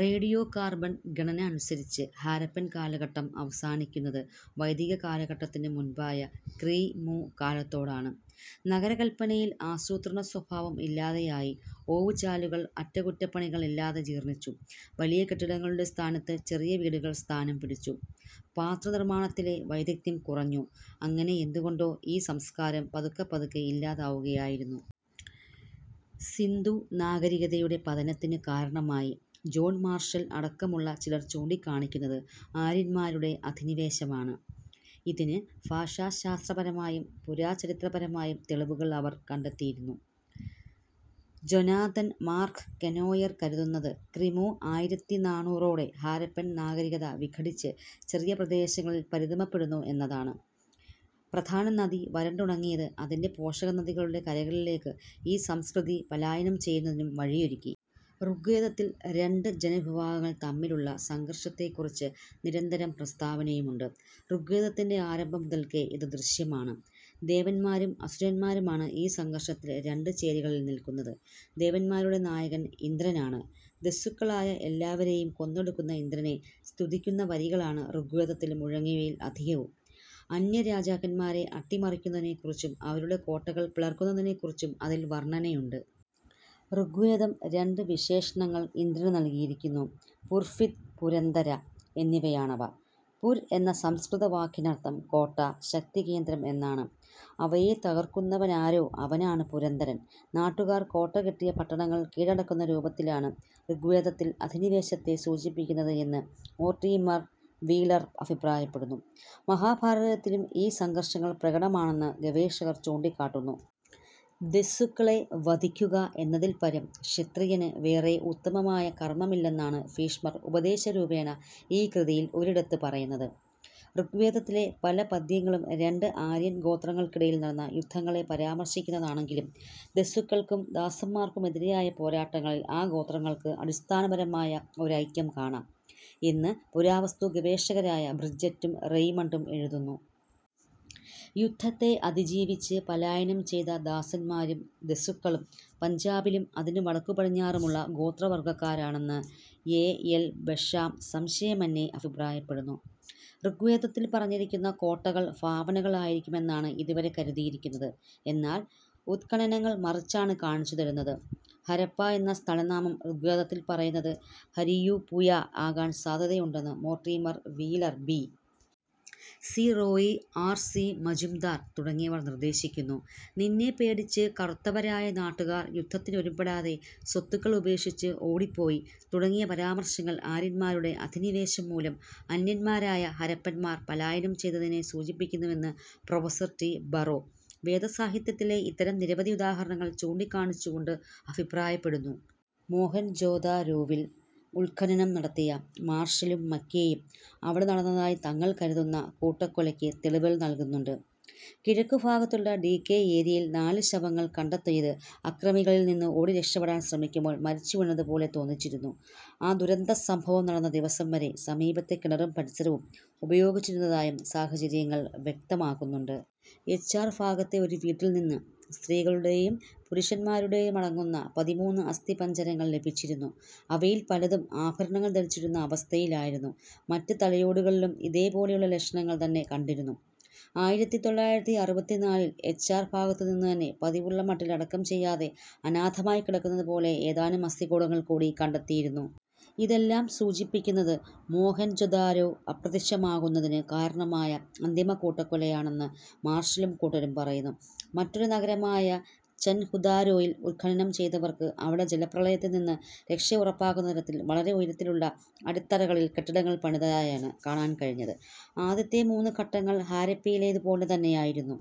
Radio carbon ഗണന അനുസരിച്ച് ഹാരപ്പൻ കാലഘട്ടം അവസാനിക്കുന്നത് വൈദിക കാലഘട്ടത്തിനു മുൻപായ ക്രി. മു. കാലത്തോടെയാണ്. നഗരകല്പനയിൽ ആസൂത്രണസ്വഭാവം ഇല്ലാതായി. ഓവുചാലുകൾ അറ്റകുറ്റപ്പണികൾ ഇല്ലാതെ ജീർണ്ണിച്ചു. വലിയ കെട്ടിടങ്ങളുടെ സ്ഥാനത്ത് ചെറിയ വീടുകൾ സ്ഥാനം പിടിച്ചു. പാത്രനിർമ്മാണത്തിലെ വൈദഗ്ദ്ധ്യം കുറഞ്ഞു. അങ്ങനെ എന്തുകൊണ്ടോ ഈ സംസ്കാരം പതുക്കെപ്പതുക്കെ ഇല്ലാതാവുകയായിരുന്നു. സിന്ധു നാഗരികതയുടെ പതനത്തിന് കാരണമായി ജോൺ മാർഷൽ അടക്കമുള്ള ചിലർ ചൂണ്ടിക്കാണിക്കുന്നത് ആര്യന്മാരുടെ അധിനിവേശമാണ്. ഇതിന് ഭാഷാശാസ്ത്രപരമായും പുരാചരിത്രപരമായും തെളിവുകൾ അവർ കണ്ടെത്തിയിരുന്നു. ജൊനാതൻ മാർക്ക് കെനോയർ കരുതുന്നത് ക്രി. മു. ആയിരത്തി നാനൂറോടെ ഹാരപ്പൻ നാഗരികത വിഘടിച്ച് ചെറിയ പ്രദേശങ്ങളിൽ പരിമിതപ്പെട്ടുവന്നു എന്നാണ്. പ്രധാന നദി വരണ്ടുണങ്ങിയത് അതിൻ്റെ പോഷകനദികളുടെ കരകളിലേക്ക് ഈ സംസ്കൃതി പലായനം ചെയ്യുന്നതിനും വഴിയൊരുക്കി. ഋഗ്വേദത്തിൽ രണ്ട് ജനവിഭാഗങ്ങൾ തമ്മിലുള്ള സംഘർഷത്തെക്കുറിച്ച് നിരന്തരം പ്രസ്താവമുണ്ട്. ഋഗ്വേദത്തിൻ്റെ ആരംഭം മുതൽക്കേ ഇത് ദൃശ്യമാണ്. ദേവന്മാരും അസുരന്മാരുമാണ് ഈ സംഘർഷത്തിൽ രണ്ട് ചേരികളിൽ നിൽക്കുന്നത്. ദേവന്മാരുടെ നായകൻ ഇന്ദ്രനാണ്. ദസ്യുക്കളായ എല്ലാവരേയും കൊന്നൊടുക്കുന്ന ഇന്ദ്രനെ സ്തുതിക്കുന്ന വരികളാണ് ഋഗ്വേദത്തിൽ മുഴങ്ങുന്നവയിൽ അധികവും. അനാര്യരാജാക്കന്മാരെ അട്ടിമറിക്കുന്നതിനെക്കുറിച്ചും അവരുടെ കോട്ടകൾ പിളർക്കുന്നതിനെക്കുറിച്ചും അതിൽ വർണ്ണനയുണ്ട്. ഋഗ്വേദം രണ്ട് വിശേഷണങ്ങൾ ഇന്ദ്രന് നൽകിയിരിക്കുന്നു, പുർഭിദ്, പുരന്ദര എന്നിവയാണവ. പുര് എന്ന സംസ്കൃത വാക്കിനർത്ഥം കോട്ട, ശക്തികേന്ദ്രം എന്നാണ്. അവയെ തകർക്കുന്നവനാരോ അവനാണ് പുരന്ദരൻ. നാട്ടുകാർ കോട്ട കെട്ടിയ പട്ടണങ്ങൾ കീഴടക്കുന്ന രൂപത്തിലാണ് ഋഗ്വേദത്തിൽ അധിനിവേശത്തെ സൂചിപ്പിക്കുന്നത് എന്ന് മോർട്ടീമർ വീലർ അഭിപ്രായപ്പെടുന്നു. മഹാഭാരതത്തിലും ഈ സംഘർഷങ്ങൾ പ്രകടമാണെന്ന് ഗവേഷകർ ചൂണ്ടിക്കാട്ടുന്നു. ദസ്യുക്കളെ വധിക്കുക എന്നതിൽപരം ക്ഷത്രിയന് വേറെ ഉത്തമമായ കർമ്മമില്ലെന്നാണ് ഭീഷ്മർ ഉപദേശരൂപേണ ഈ കൃതിയിൽ ഒരിടത്ത് പറയുന്നത്. ഋഗ്വേദത്തിലെ പല പദ്യങ്ങളും രണ്ട് ആര്യൻ ഗോത്രങ്ങൾക്കിടയിൽ നടന്ന യുദ്ധങ്ങളെ പരാമർശിക്കുന്നതാണെങ്കിലും ദസ്യുക്കൾക്കും ദാസന്മാർക്കുമെതിരായ പോരാട്ടങ്ങളിൽ ആ ഗോത്രങ്ങൾക്ക് അടിസ്ഥാനപരമായ ഒരൈക്യം കാണാം എന്ന് പുരാവസ്തു ഗവേഷകരായ ബ്രിജറ്റും റെയ്മണ്ടും എഴുതുന്നു. യുദ്ധത്തെ അതിജീവിച്ച് പാലായനം ചെയ്ത ദാസന്മാരും ദസ്യുക്കളും പഞ്ചാബിലും അതിനു വടക്കുപടിഞ്ഞാറുമുള്ള ഗോത്രവർഗ്ഗക്കാരാണ് എന്ന് എ. എൽ. ബഷാം സംശയമെന്യേ അഭിപ്രായപ്പെടുന്നു. ഋഗ്വേദത്തിൽ പറഞ്ഞിരിക്കുന്ന കോട്ടകൾ ഭാവനകൾ ആയിരിക്കുമെന്നാണ് ഇതുവരെ കരുതിയിരുന്നത്. എന്നാൽ ഉത്ഖനനങ്ങൾ മറിച്ചാണ് കാണിച്ചുതരുന്നത്. ഹരപ്പാ എന്ന സ്ഥലനാമം ഋഗ്വേദത്തിൽ പറയുന്ന ഹരിയൂപുയാ ആകാൻ സാധ്യതയുണ്ടെന്ന് Mortimer Wheeler, B. C. Roy, R. C. Majumdar തുടങ്ങിയവർ നിർദ്ദേശിക്കുന്നു. നിന്നെപ്പേടിച്ച് കറുത്തവരായ നാട്ടുകാർ യുദ്ധത്തിനൊരുമ്പെടാതെ സ്വത്തുക്കൾ ഉപേക്ഷിച്ച് ഓടിപ്പോയി തുടങ്ങിയ പരാമർശങ്ങൾ ആര്യന്മാരുടെ അധിനിവേശം മൂലം അനാര്യന്മാരായ ഹരപ്പന്മാർ പാലായനം ചെയ്തതിനെ സൂചിപ്പിക്കുന്നുവെന്ന് പ്രൊഫസ്സർ ടി. ബറോ വേദസാഹിത്യത്തിലെ ഇത്തരം നിരവധി ഉദാഹരണങ്ങൾ ചൂണ്ടിക്കാണിച്ചുകൊണ്ട് അഭിപ്രായപ്പെടുന്നു. മൊഹൻജൊദാരോവിൽ ഉത്ഖനനം നടത്തിയ മാർഷലും മക്കേയും അവിടെ നടന്നതായി തങ്ങൾ കരുതുന്ന കൂട്ടക്കൊലയ്ക്ക് തെളിവുകൾ നൽകുന്നുണ്ട്. കിഴക്കുഭാഗത്തുള്ള ഡി കെ ഏരിയയിൽ നാല് ശവങ്ങൾ കണ്ടെടുത്തത് അക്രമികളിൽ നിന്ന് ഓടി രക്ഷപ്പെടാൻ ശ്രമിക്കുമ്പോൾ മരിച്ചുവീണതുപോലെ തോന്നിച്ചിരുന്നു. ആ ദുരന്തസംഭവം നടന്ന ദിവസം വരെ സമീപത്തെ കിണറും പരിസരവും ഉപയോഗിച്ചിരുന്നതായും സാഹചര്യങ്ങൾ വ്യക്തമാക്കുന്നുണ്ട്. എച്ച്.ആർ ഭാഗത്തെ ഒരു വീട്ടിൽ നിന്ന് സ്ത്രീകളുടേയും പുരുഷന്മാരുടേയും അടങ്ങുന്ന പതിമൂന്ന് അസ്ഥിമഞ്ജരങ്ങൾ ലഭിച്ചിരുന്നു. അവയിൽ പലതും ആഭരണങ്ങൾ ധരിച്ചിരുന്ന അവസ്ഥയിലായിരുന്നു. മറ്റു തലയോടുകളിലും ഇതേ പോലെയുള്ള ലക്ഷണങ്ങൾ തന്നെ കണ്ടിരുന്നു. ആയിരത്തി തൊള്ളായിരത്തി അറുപത്തിനാലിൽ എച്ച് ആർ ഭാഗത്തുനിന്നുതന്നെ പതിവുള്ള മട്ടിൽ അടക്കം ചെയ്യാതെ അനാഥമായി കിടന്നതുപോലെ ഏതാനും അസ്ഥികൂടങ്ങൾ കൂടി കണ്ടെത്തിയിരുന്നു. ഇതെല്ലാം സൂചിപ്പിക്കുന്നത് മോഹെൻജൊദാരോ അപ്രത്യക്ഷമാവുന്നതിന് കാരണമായ അന്തിമ കൂട്ടക്കൊലയെയാണ് എന്ന് മാർഷലും കൂട്ടരും പറയുന്നു. മറ്റൊരു നഗരമായ ചൻഹുദാരോയിൽ ഉത്ഖനനം ചെയ്തവർക്ക് അവിടെ ജലപ്രളയത്തിൽ നിന്ന് രക്ഷ ഉറപ്പാക്കുന്ന തരത്തിൽ വളരെ ഉയരമുള്ള അടിത്തറകളിൽ കെട്ടിടങ്ങൾ പണിതതായാണ് കാണാൻ കഴിഞ്ഞത്. ആദ്യത്തെ മൂന്ന് ഘട്ടങ്ങൾ ഹാരപ്പയിലേതുപോലെത്തന്നെയായിരുന്നു.